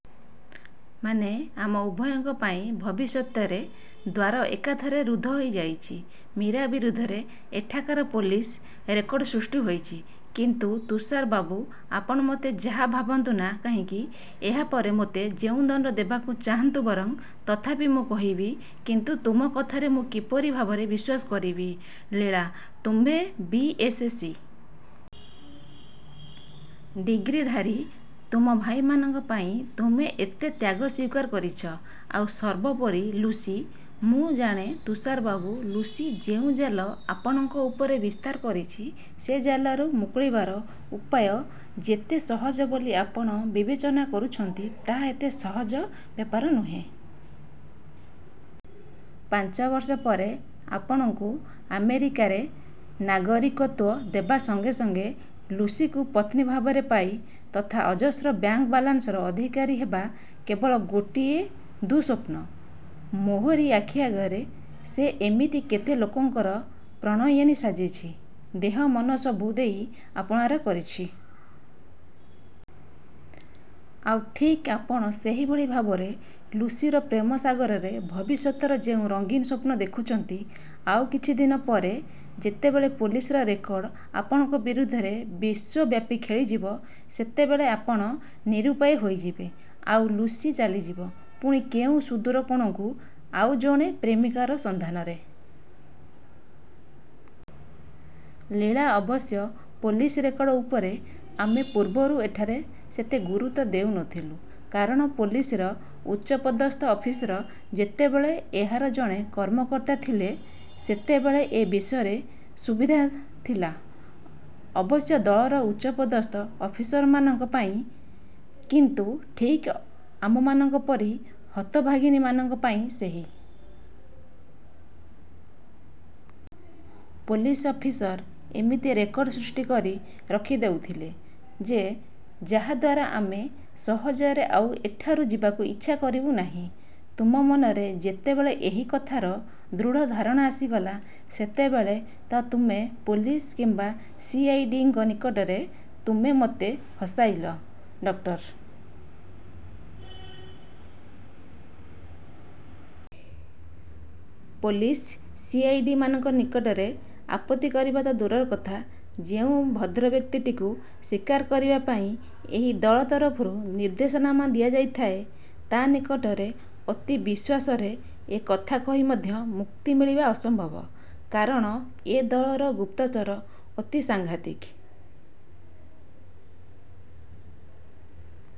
ମାନେ, ଆମ ଉଭୟଙ୍କ ପାଇଁ ଭବିଷ୍ୟତରେ ଦ୍ୱାର ଏକାଥରେ ରୁଦ୍ଧ ହୋଇଯାଇଛି। ମୀରା ବିରୁଦ୍ଧରେ ଏଠାକାର ପୋଲିସ୍ ରେକର୍ଡ ସୃଷ୍ଟି ହୋଇଛି। କିନ୍ତୁ ତୁଷାର ବାବୁ, ଆପଣ ମୋତେ ଯାହା ଭାବନ୍ତୁ ନା କାହିଁକି, ଏହା ପରେ ମୋତେ ଯେଉଁ ଦଣ୍ଡ ଦେବାକୁ ଚାହାନ୍ତୁ ବରଂ, ତଥାପି ମୁଁ କହିବି କିନ୍ତୁ ତୁମ କଥାରେ ମୁଁ କିପରି ଭାବରେ ବିଶ୍ୱାସ କରିବି ଲୀଳା, ତୁମେ ବି.ଏସ୍‌ସି. ଡିଗ୍ରୀଧାରୀ, ତୁମ ଭାଇମାନଙ୍କ ପାଇଁ ତୁମେ ଏତେ ତ୍ୟାଗ ସ୍ୱୀକାର କରିଛ, ଆଉ ସର୍ବୋପରି ଲୁସି। ମୁଁ ଜାଣେ ତୁଷାର ବାବୁ, ଲୁସି ଯେଉଁ ଜାଲ ଆପଣଙ୍କ ଉପରେ ବିସ୍ତାର କରିଛି, ସେ ଜାଲରୁ ମୁକୁଳିବାର ଉପାୟ ଯେତେ ସହଜ ବୋଲି ଆପଣ ବିବେଚନା କରିଛନ୍ତି, ତାହା ଏତେ ସହଜ ବ୍ୟାପାର ନୁହେଁ। ପାଞ୍ଚ ବର୍ଷ ପରେ ଆପଣଙ୍କୁ ଆମେରିକାରେ ନାଗରିକତ୍ୱ ଦେବା ସଙ୍ଗେ ସଙ୍ଗେ ଲୁସିକୁ ପତ୍ନୀ ଭାବରେ ପାଇ ତଥା ଅଜସ୍ର ବ୍ୟାଙ୍କ ବାଲାନ୍ସର ଅଧିକାରୀ ହେବା କେବଳ ଗୋଟିଏ ଦୁଃସ୍ୱପ୍ନ। ମୋହରି ଆଖି ଆଗରେ ସେ ଏମିତି କେତେ ଲୋକଙ୍କର ପ୍ରଣୟିନୀ ସାଜିଛି। ଦେହ ମନ ସବୁ ଦେଇ ଆପଣାର କରିଛି। ଆଉ ଠିକ୍ ଆପଣ ସେହିଭଳି ଭାବରେ ଲୁସିର ପ୍ରେମ ସାଗରରେ ଭବିଷ୍ୟତର ଯେଉଁ ରଙ୍ଗୀନ୍ ସ୍ୱପ୍ନ ଦେଖୁଛନ୍ତି, ଆଉ କିଛିଦିନ ପରେ ଯେତେବେଳେ ପୋଲିସ୍‌ର ରେକର୍ଡ ଆପଣଙ୍କ ବିରୁଦ୍ଧରେ ବିଶ୍ୱବ୍ୟାପୀ ଖେଳିଯିବ, ସେତେବେଳେ ଆପଣ ନିରୁପାୟ ହୋଇଯିବେ, ଆଉ ଲୁସି ଚାଲିଯିବ ପୁଣି କେଉଁ ସୁଦୂର କୋଣକୁ ଆଉ ଜଣେ ପ୍ରେମିକର ସନ୍ଧାନରେ। ଲୀଳା, ଅବଶ୍ୟ ପୋଲିସ୍ ରେକର୍ଡ ଉପରେ ଆମେ ପୂର୍ବରୁ ଏଠାରେ ସେତେ ଗୁରୁତ୍ୱ ଦେଉନଥିଲୁ। କାରଣ ପୋଲିସ୍‌ର ଉଚ୍ଚପଦସ୍ଥ ଅଫିସର ଯେତେବେଳେ ଏହାର ଜଣେ କର୍ମକର୍ତ୍ତା ଥିଲେ, ସେତେବେଳେ ଏ ବିଷୟରେ ସୁବିଧା ଥିଲା, ଅବଶ୍ୟ ଦଳର ଉଚ୍ଚପଦସ୍ଥ ଅଫିସରମାନଙ୍କ ପାଇଁ। କିନ୍ତୁ ଠିକ୍ ଆମମାନଙ୍କ ପରି ହତଭାଗିନୀମାନଙ୍କ ପାଇଁ ସେହି। ପୋଲିସ୍ ଅଫିସର ଏମିତି ରେକର୍ଡ ସୃଷ୍ଟି କରି ରଖିଦେଉଥିଲେ ଯେ, ଯାହାଦ୍ୱାରା ଆମେ ସହଜରେ ଆଉ ଏଠାରୁ ଯିବାକୁ ଇଚ୍ଛା କରିବୁ ନାହିଁ। ତୁମ ମନରେ ଯେତେବେଳେ ଏହି କଥାର ଦୃଢ଼ ଧାରଣା ଆସିଗଲା, ସେତେବେଳେ ତ ତୁମେ ପୋଲିସ୍ କିମ୍ବା ସି.ଆଇ.ଡି.ଙ୍କ ନିକଟରେ ତୁମେ ମୋତେ ହସାଇଲ, ଡକ୍ଟର। ପୋଲିସ୍, ସି.ଆଇ.ଡି.ମାନଙ୍କ ନିକଟରେ ଆପତ୍ତି କରିବା ତ ଦୂରର କଥା, ଯେଉଁ ଭଦ୍ରବ୍ୟକ୍ତିଟିକୁ ଶିକାର କରିବା ପାଇଁ ଏହି ଦଳ ତରଫରୁ ନିର୍ଦ୍ଦେଶନାମା ଦିଆଯାଇଥାଏ, ତା ନିକଟରେ ଅତି ବିଶ୍ୱାସରେ ଏ କଥା କହି ମଧ୍ୟ ମୁକ୍ତି ମିଳିବା ଅସମ୍ଭବ। କାରଣ ଏ ଦଳର ଗୁପ୍ତଚର ଅତି ସାଙ୍ଘାତିକ।